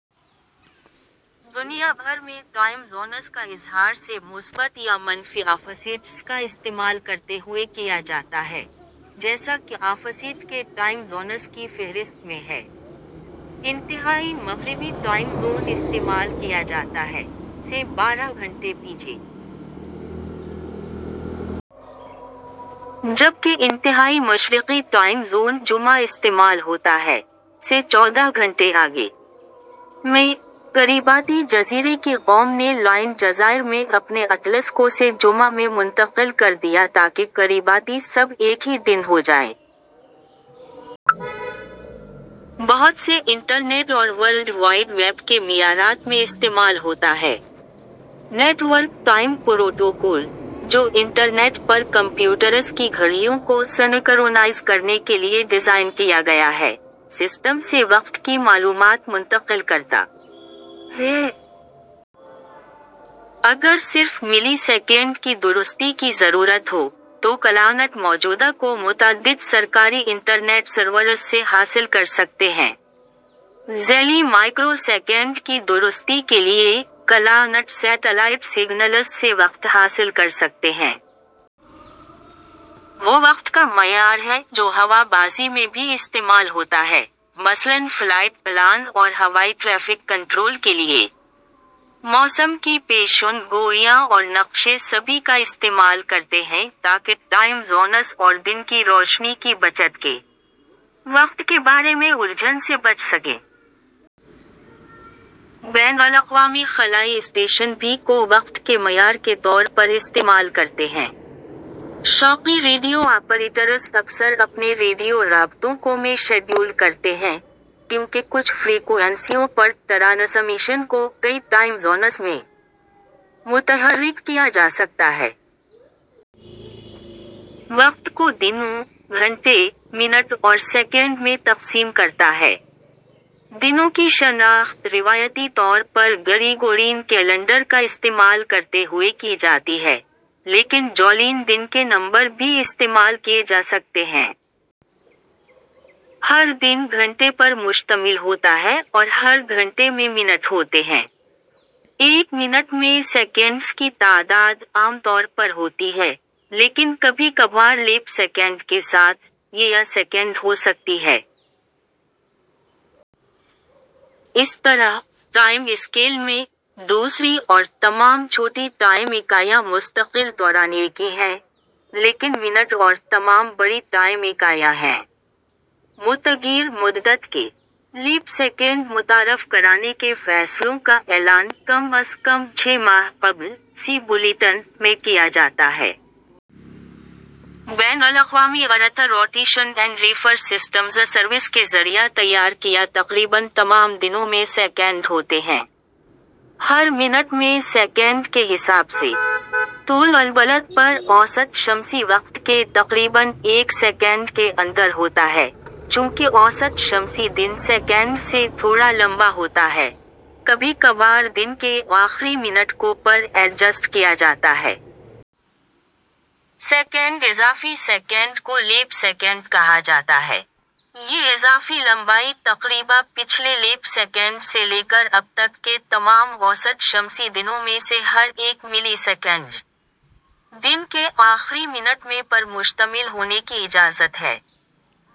دنیا بھر میں ٹائم زونز کا اظہار سے مثبت یا منفی آفسیٹس کا استعمال کرتے ہوئے کیا جاتا ہے، جیسا کہ آفسیٹ کے ٹائم زونز کی فہرست میں ہے ۔ انتہائی مغربی ٹائم زون استعمال کیا جاتا ہے، سے بارہ گھنٹے پیچھے۔ جب کہ انتہائی مشرقی ٹائم زون + استعمال ہوتا ہے، سے چودہ گھنٹے آگے۔ میں، کریباتی جزیرے کی قوم نے لائن جزائر میں اپنے اٹلس کو سے + میں منتقل کر دیا تاکہ کریباتی سب ایک ہی دن ہو جائیں۔ بہت سے انٹرنیٹ اور ورلڈ وائڈ ویب کے معیارات میں استعمال ہوتا ہے۔ نیٹ ورک ٹائم پروٹوکول ، جو انٹرنیٹ پر کمپیوٹرز کی گھڑیوں کو سنکرونائز کرنے کے لیے ڈیزائن کیا گیا ہے، سسٹم سے وقت کی معلومات منتقل کرتا ہے۔ اگر صرف ملی سیکنڈ کی درستی کی ضرورت ہو، تو کلائنٹ موجودہ کو متعدد سرکاری انٹرنیٹ سرورز سے حاصل کر سکتے ہیں۔ ذیلی مائیکرو سیکنڈ کی درستی کے لیے، کلائنٹ سیٹلائٹ سگنلز سے وقت حاصل کر سکتے ہیں۔ وہ وقت کا معیار ہے جو ہوا بازی میں بھی استعمال ہوتا ہے، مثلاً فلائٹ پلان اور ہوائی ٹریفک کنٹرول کے لیے۔ موسم کی پیشن گوئیاں اور نقشے سبھی کا استعمال کرتے ہیں تاکہ ٹائم زونز اور دن کی روشنی کی بچت کے وقت کے بارے میں الجھن سے بچ سکیں۔ بین الاقوامی خلائی اسٹیشن بھی کو وقت کے معیار کے طور پر استعمال کرتے ہیں۔ شوقیہ ریڈیو آپریٹرز اکثر اپنے ریڈیو رابطوں کو میں شیڈول کرتے ہیں، کیونکہ کچھ فریکوئنسیوں پر ٹرانسمیشن کو کئی ٹائم زونز میں متحرک کیا جا سکتا ہے۔ وقت کو دنوں، گھنٹے، منٹ اور سیکنڈ میں تقسیم کرتا ہے۔ دنوں کی شناخت روایتی طور پر گریگورین کیلنڈر کا استعمال کرتے ہوئے کی جاتی ہے، لیکن جولین دن کے نمبر بھی استعمال کیے جا سکتے ہیں۔ ہر دن گھنٹے پر مشتمل ہوتا ہے اور ہر گھنٹے میں منٹ ہوتے ہیں۔ ایک منٹ میں سیکنڈز کی تعداد عام طور پر ہوتی ہے، لیکن کبھی کبھار لیپ سیکنڈ کے ساتھ، یہ یا سیکنڈ ہو سکتی ہے۔ اس طرح، ٹائم اسکیل میں، دوسری اور تمام چھوٹی ٹائم اکائیاں مستقل دورانیے کی ہیں، لیکن منٹ اور تمام بڑی ٹائم اکائیاں ہیں۔ متغیر مدت کے. لیپ سیکنڈ متعارف کرانے کے فیصلوں کا اعلان کم از کم چھ ماہ قبل "سی بلیٹن" میں کیا جاتا ہے۔ بین الاقوامی earth rotation and reference systems service کے ذریعہ تیار کیا تقریباً تمام دنوں میں سیکنڈ ہوتے ہیں۔ ہر منٹ میں سیکنڈ کے حساب سے. طول البلد پر اوسط شمسی وقت کے تقریباً ایک سیکنڈ کے اندر ہوتا ہے، چونکہ اوسط شمسی دن سیکنڈ سے تھوڑا لمبا ہوتا ہے، کبھی کبھار دن کے آخری منٹ کو پر ایڈجسٹ کیا جاتا ہے۔ سیکنڈ اضافی سیکنڈ کو لیپ سیکنڈ کہا جاتا ہے۔ یہ اضافی لمبائی تقریبا پچھلے لیپ سیکنڈ سے لے کر اب تک کے تمام اوسط شمسی دنوں میں سے ہر ایک ملی سیکنڈ۔ دن کے آخری منٹ میں پر مشتمل ہونے کی اجازت ہے۔